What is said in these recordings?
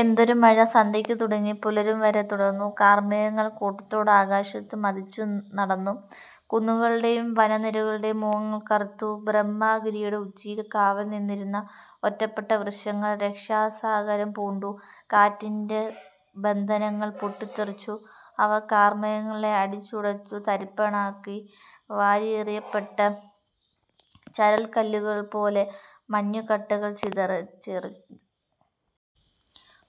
എന്തൊരു മഴ! സന്ധ്യക്കു തുടങ്ങി പുലരും വരെ തുടർന്നു. കാർമേഘങ്ങൾ കൂട്ടത്തോടെ ആകാശത്തു മദിച്ചു നടന്നു. കുന്നുകളുടെയും വനനിരകളുടെയും മുഖങ്ങൾ കറുത്തു. ബ്രഹ്മഗിരിയുടെ ഉച്ചിയിൽ കാവൽ നിന്നിരുന്ന ഒറ്റപ്പെട്ട വൃക്ഷങ്ങൾ രാക്ഷസാകാരം പൂണ്ടു. കാറ്റിന്റെ ബന്ധനങ്ങൾ പൊട്ടിത്തെറിച്ചു. അവ കാർമേഘങ്ങളെ അടിച്ചുടച്ചു തരിപ്പണമാക്കി. വാരിയെറിയപ്പെട്ട ചരൽക്കല്ലുകൾപോലെ, മഞ്ഞുകട്ടകൾ ചിതറിത്തെറിച്ചു.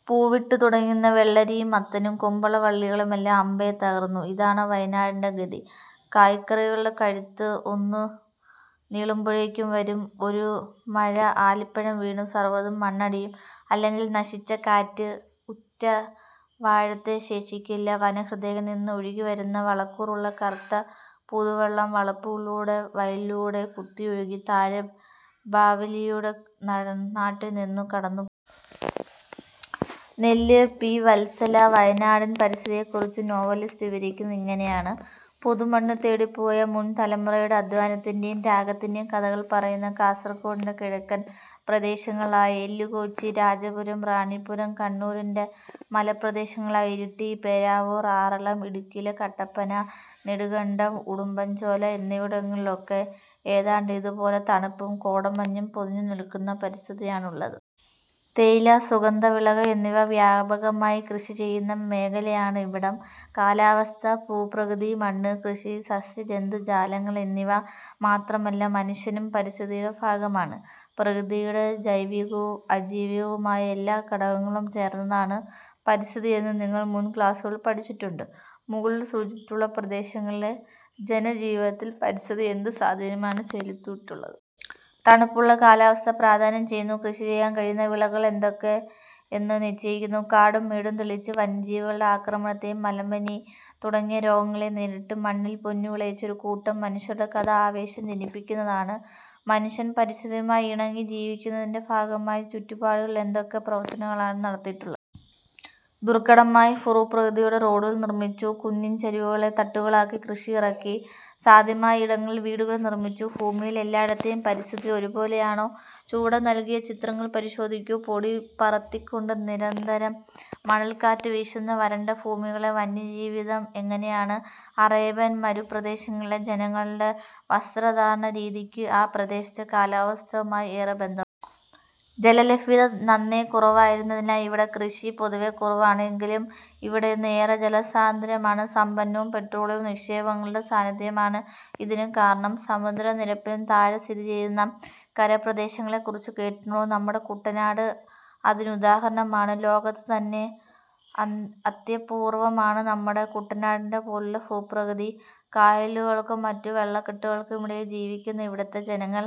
പൂവിട്ടു തുടങ്ങിയിരുന്ന വെള്ളരിയും മത്തനും കുമ്പള വള്ളികളുമെല്ലാം അമ്പേ തകർന്നു.... ഇതാണ് വയനാടിന്റെ ഗതി. കായ്കറികളുടെ കഴുത്ത് ഒന്നു നീളുമ്പോഴേക്കും വരും, ഒരു മഴ ആലിപ്പഴം വീണു സർവതും മണ്ണടിയും. അല്ലെങ്കിൽ നശിച്ച കാറ്റ്! ഒറ്റ വാഴത്തൈ ശേഷിക്കില്ല. വനഹൃദയങ്ങളിൽനിന്ന് ഒഴുകിവരുന്ന വളക്കൂറുള്ള കറുത്ത പുതുവെള്ളം വളപ്പുകളിലൂടെ, വയലുകളിലൂടെ കുത്തിയൊഴുകി താഴെ ബാവലിയിലൂടെ നാട്ടിൽനിന്നു കടന്നു. നെല്ല്, പി. വത്സല. വയനാടൻ പരിസ്ഥിതിയെക്കുറിച്ച് നോവലിസ്റ്റ് വിവരിക്കുന്നത് ഇങ്ങനെയാണ്. പുതുമണ്ണുതേടിപ്പോയ മുൻതലമുറയുടെ അധ്വാനത്തിന്റെയും ത്യാഗത്തിന്റെയും കഥകൾ പറയുന്ന കാസർകോടിന്റെ കിഴക്കൻ പ്രദേശങ്ങളായ എല്ലുകോച്ചി, രാജപുരം, റാണിപുരം, കണ്ണൂരിന്റെ മലമ്പ്രദേശങ്ങളായ ഇരിട്ടി, പേരാവൂർ, ആറളം, ഇടുക്കിയിലെ കട്ടപ്പന, നെടുങ്കണ്ടം, ഉടുമ്പഞ്ചോല എന്നിവിടങ്ങളിലൊക്കെ ഏതാണ്ടിതുപോലെ തണുപ്പും കോടമഞ്ഞും പൊതിഞ്ഞുനിൽക്കുന്ന പരിസ്ഥിതിയാണുള്ളത്. തേയില, സുഗന്ധവിളകൾ എന്നിവ വ്യാപകമായി കൃഷിചെയ്യുന്ന മേഖലയാണിവിടം. കാലാവസ്ഥ, ഭൂപ്രകൃതി, മണ്ണ്, കൃഷി, സസ്യജന്തുജാലങ്ങൾ എന്നിവ മാത്രമല്ല, മനുഷ്യനും പരിസ്ഥിതിയുടെ ഭാഗമാണ്. പ്രകൃതിയിലെ ജൈവികവും അജൈവികവുമായ എല്ലാ ഘടകങ്ങളും ചേർന്നതാണ് പരിസ്ഥിതി എന്നു നിങ്ങൾ മുൻക്ലാസുകളിൽ പഠിച്ചിട്ടുണ്ട്. മുകളിൽ സൂചിപ്പിച്ചിട്ടുള്ള പ്രദേശങ്ങളിലെ ജനജീവിതത്തിൽ പരിസ്ഥിതി എന്തു സ്വാധീനമാണ് ചെലുത്തിയിട്ടുള്ളത്? തണുപ്പുള്ള കാലാവസ്ഥ പ്രാധാന്യം ചെയ്യുന്നു. കൃഷിചെയ്യാൻ കഴിയുന്ന വിളകൾ ഏതൊക്കെ എന്നു നിശ്ചയിക്കുന്നു. കാടും മേടും തെളിച്ച് വന്യജീവികളുടെ ആക്രമണത്തെയും മലമ്പനി തുടങ്ങിയ രോഗങ്ങളെയും നേരിട്ട് മണ്ണിൽ പൊന്നുവിളയിച്ച ഒരു കൂട്ടം മനുഷ്യരുടെ കഥ ആവേശം ജനിപ്പിക്കുന്നതാണ്. മനുഷ്യൻ പരിസ്ഥിതിയുമായി ഇണങ്ങി ജീവിക്കുന്നതിന്റെ ഭാഗമായി ചുറ്റുപാടുകളിൽ എന്തൊക്കെ പ്രവർത്തനങ്ങളാണ് നടത്തിയിട്ടുള്ളത്? ദുർഘടമായ ഭൂപ്രകൃതിയിലൂടെ റോഡുകൾ നിർമിച്ചു. കുന്നിൻചരിവുകളെ തട്ടുകളാക്കി കൃഷിയിറക്കി. സാധ്യമായ ഇടങ്ങളിൽ വീടുകൾ നിർമിച്ചു. ഭൂമിയിൽ എല്ലായിടത്തെയും പരിസ്ഥിതി ഒരുപോലെയാണോ? ചുവടെ നൽകിയ ചിത്രങ്ങൾ പരിശോധിക്കൂ. പൊടി പറത്തിക്കൊണ്ട് നിരന്തരം മണൽക്കാറ്റു വീശുന്ന വരണ്ട മരുഭൂമികളിലെ ജനജീവിതം എങ്ങനെയാണ്? അറേബ്യൻ മരുപ്രദേശങ്ങളിലെ ജനങ്ങളുടെ വസ്ത്രധാരണരീതിക്ക് ആ പ്രദേശത്തെ കാലാവസ്ഥയുമായി ഏറെ ബന്ധമുണ്ട്. ജലലഭ്യത നന്നേ കുറവായിരുന്നതിനാൽ ഇവിടെ കൃഷി പൊതുവെ കുറവാണ്. എങ്കിലും ഇവിടം ഇന്ന് ഏറെ ജനസാന്ദ്രമാണ്; സമ്പന്നവും. പെട്രോളിയം നിക്ഷേപങ്ങളുടെ സാന്നിധ്യമാണ് ഇതിനു കാരണം. സമുദ്രനിരപ്പിനും താഴെ സ്ഥിതിചെയ്യുന്ന കരപ്രദേശങ്ങളെക്കുറിച്ച് കേട്ടിട്ടുണ്ടോ? നമ്മുടെ കുട്ടനാട് അതിനുദാഹരണമാണ്. ലോകത്തുതന്നെ അത്യ പൂർവമാണ് നമ്മുടെ കുട്ടനാടിന്റേതുപോലുള്ള ഭൂപ്രകൃതി. കായലുകൾക്കും മറ്റു വെള്ളക്കെട്ടുകൾക്കും ഇടയിൽ ജീവിക്കുന്ന ഇവിടത്തെ ജനങ്ങൾ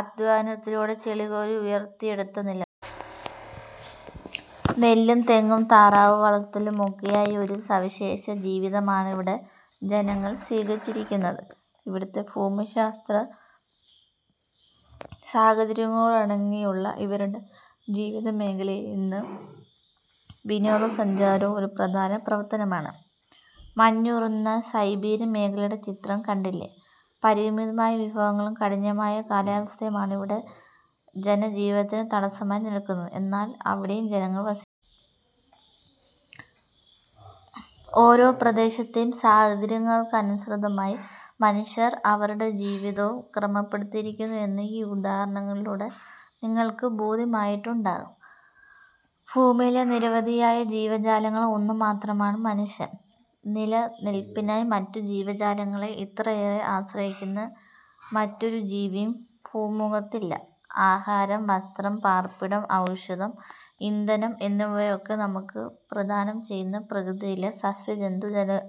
അദ്ധ്വാനത്തിലൂടെ ചെളികോരി ഉയർത്തിയെടുത്ത നിലങ്ങൾ. നെല്ലും തെങ്ങും താറാവു വളർത്തലുമൊക്കെയായി ഒരു സവിശേഷ ജീവിതമാണിവിടെ ജനങ്ങൾ സ്വീകരിച്ചിരിക്കുന്നത്. ഇവിടത്തെ ഭൂമിശാസ്ത്രസാഹചര്യങ്ങളോടിണങ്ങിയുള്ള ഇവരുടെ ജീവിതമേഖലയിൽ ഇന്ന് വിനോദസഞ്ചാരവും ഒരു പ്രധാന പ്രവർത്തനമാണ്. മഞ്ഞുറഞ്ഞ സൈബീരിയൻ മേഖലയുടെ ചിത്രം കണ്ടില്ലേ. പരിമിതമായ വിഭവങ്ങളും കഠിനമായ കാലാവസ്ഥയുമാണ് ഇവിടെ ജനജീവിതത്തിന് തടസ്സമായി നിൽക്കുന്നത്. എന്നാൽ അവിടെയും ജനങ്ങൾ ഓരോ പ്രദേശത്തെയും സാഹചര്യങ്ങൾക്കനുസൃതമായി മനുഷ്യർ അവരുടെ ജീവിതവും ക്രമപ്പെടുത്തിയിരിക്കുന്നു എന്ന് ഈ ഉദാഹരണങ്ങളിലൂടെ നിങ്ങൾക്ക് ബോധ്യമായിട്ടുണ്ടാകും. ഭൂമിയിലെ നിരവധിയായ ജീവജാലങ്ങളിൽ ഒന്നുമാത്രമാണ് മനുഷ്യൻ. നില നിൽപ്പിനായി മറ്റു ജീവജാലങ്ങളെ ഇത്രയേറെ ആശ്രയിക്കുന്ന മറ്റൊരു ജീവിയും ഭൂമുഖത്തില്ല. ആഹാരം, വസ്ത്രം, പാർപ്പിടം, ഔഷധം, ഇന്ധനം എന്നിവയൊക്കെ നമുക്ക് പ്രദാനം ചെയ്യുന്നത് പ്രകൃതിയിലെ സസ്യജന്തു